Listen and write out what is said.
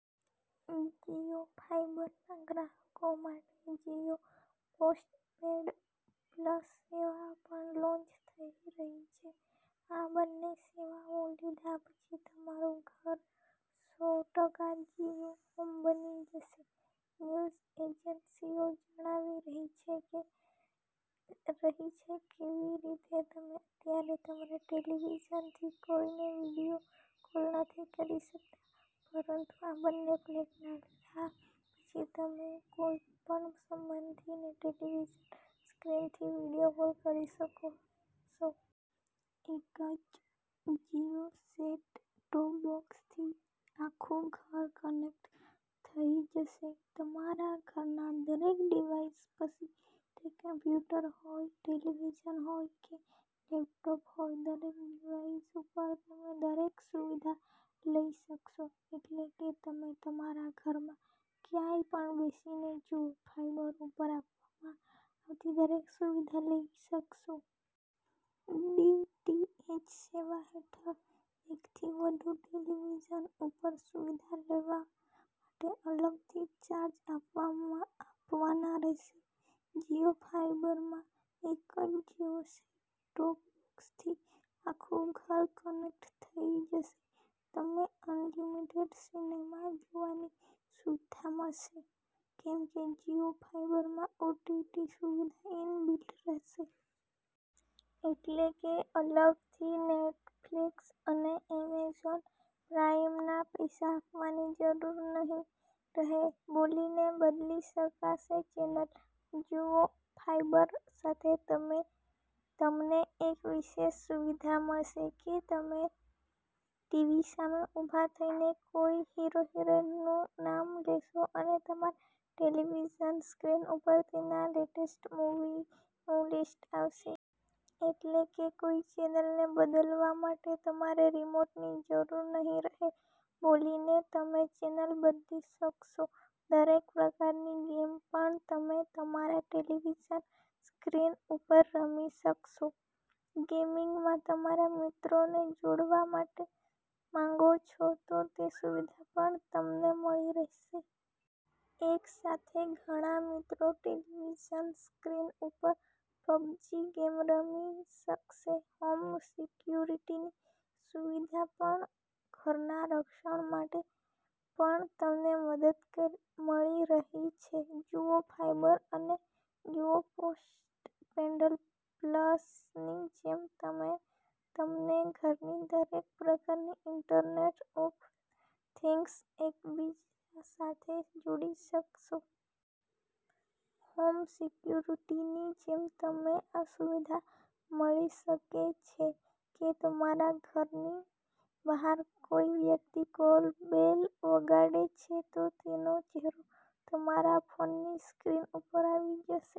જીઓ ફાઈબરના ગ્રાહકો માટે જીઓ પોસ્ટ પેડ પ્લસ સેવા પણ લોન્ચ થઇ રહી છે. આ બંને સેવાઓ લીધા પછી તમારું ઘર સો ટકા જીઓ હોમ બની જશે. ન્યુઝ એજન્સીઓ જણાવી રહી છે, કેવી રીતે તમે અત્યારે તમારા ટેલીવિઝનથી કોઈને વિડીયો કોલ નથી કરી શકતા, પરંતુ આ બંને પ્લાન લીધા પછી તમે કોઈપણ સંબંધીને ટેલીવિઝન સ્ક્રીનથી વિડીયો કોલ કરી શકશો. એક જ જીઓ સેટ ટોપ બોક્સથી આખુ ઘર કનેક્ટ થઇ જશે. તમારા ઘરના દરેક ડીવાઈસ પછી તે કમ્પ્યુટર હોય, ટેલીવિઝન હોય કે લેપટોપ હોય, દરેક ડીવાઈસ ઉપર તમે દરેક સુવિધા લઇ શકશો. એટલે કે તમે તમારા ઘરમાં ક્યાય પણ બેસીને જીઓ ફાઈબર ઉપર આપવામાં આવતી દરેક સુવિધા લઇ શકશો. ડીટીએચ સેવા હેઠળ એકથી વધુ ટેલીવિઝન ઉપર સુવિધા લેવા માટે અલગથી ચાર્જ આપવાના રહેશે. જીઓ ફાઈબરમાં એક જ જીઓ સેટ ટોપ બોક્સથી આખું ઘર કનેક્ટ થઇ જશે. તમને અનલીમીટેડ સિનેમા જોવાની સુવિધા મળશે, કેમ કે જીઓ ફાઈબરમાં ઓટીટી સુવિધા ઇન બીલ્ટ રહેશે. એટલે કે અલગથી નેટફ્લીક્સ અને એમેઝોન પ્રાઈમના પૈસા આપવાની જરૂર નહિ રહે. બોલીને બદલી શકાશે ચેનલ. જીઓ ફાઈબર સાથે તમને એક વિશેષ સુવિધા મળશે કે, તમે ટીવી સામે ઉભા થઈને કોઈ હીરો-હિરોઈનનું નામ લેશો અને તમારા ટેલીવિઝન સ્ક્રીન ઉપર તેના લેટેસ્ટ મુવીનું લીસ્ટ આવશે. એટલે કે કોઈ ચેનલને બદલાવવા માટે તમારે રીમોન્ટની જરૂર નહિ રહે. બોલીને તમે ચેનલ બદલી શકશો. દરેક પ્રકારની ગેમ પણ તમે તમારા ટેલીવિઝન સ્ક્રીન ઉપર રમી શકશો. ગેમિંગમાં તમારા મિત્રોને જોડવા માંગો છો, તો તે સુવિધા પણ તમને મળી રહેશે. એક સાથે ઘણા મિત્રો ટેલીવિઝન સ્ક્રીન ઉપર પબજી ગેમ રમી શકશે. હોમ સિક્યુરીટીની સુવિધા પણ ઘરના રક્ષણ માટે પણ તમને મદદ મળી રહી છે. જીઓ ફાઈબર અને જીઓ પોસ્ટ પેડ પ્લસની જેમ તમને ઘરની દરેક પ્રકારની ઈન્ટરનેટ ઓફ થિંગ્સ એક બીજા સાથે જોડી શકશો. હોમ સિક્યુરીટીની જેમ તમને આ સુવિધા મળી શકે છે કે તમારા ઘરની બહાર કોઈ વ્યક્તિ કૉલ બેલ વગાડે છે, તો તેનો ચહેરો તમારા ફોનની સ્ક્રીન ઉપર આવી જશે.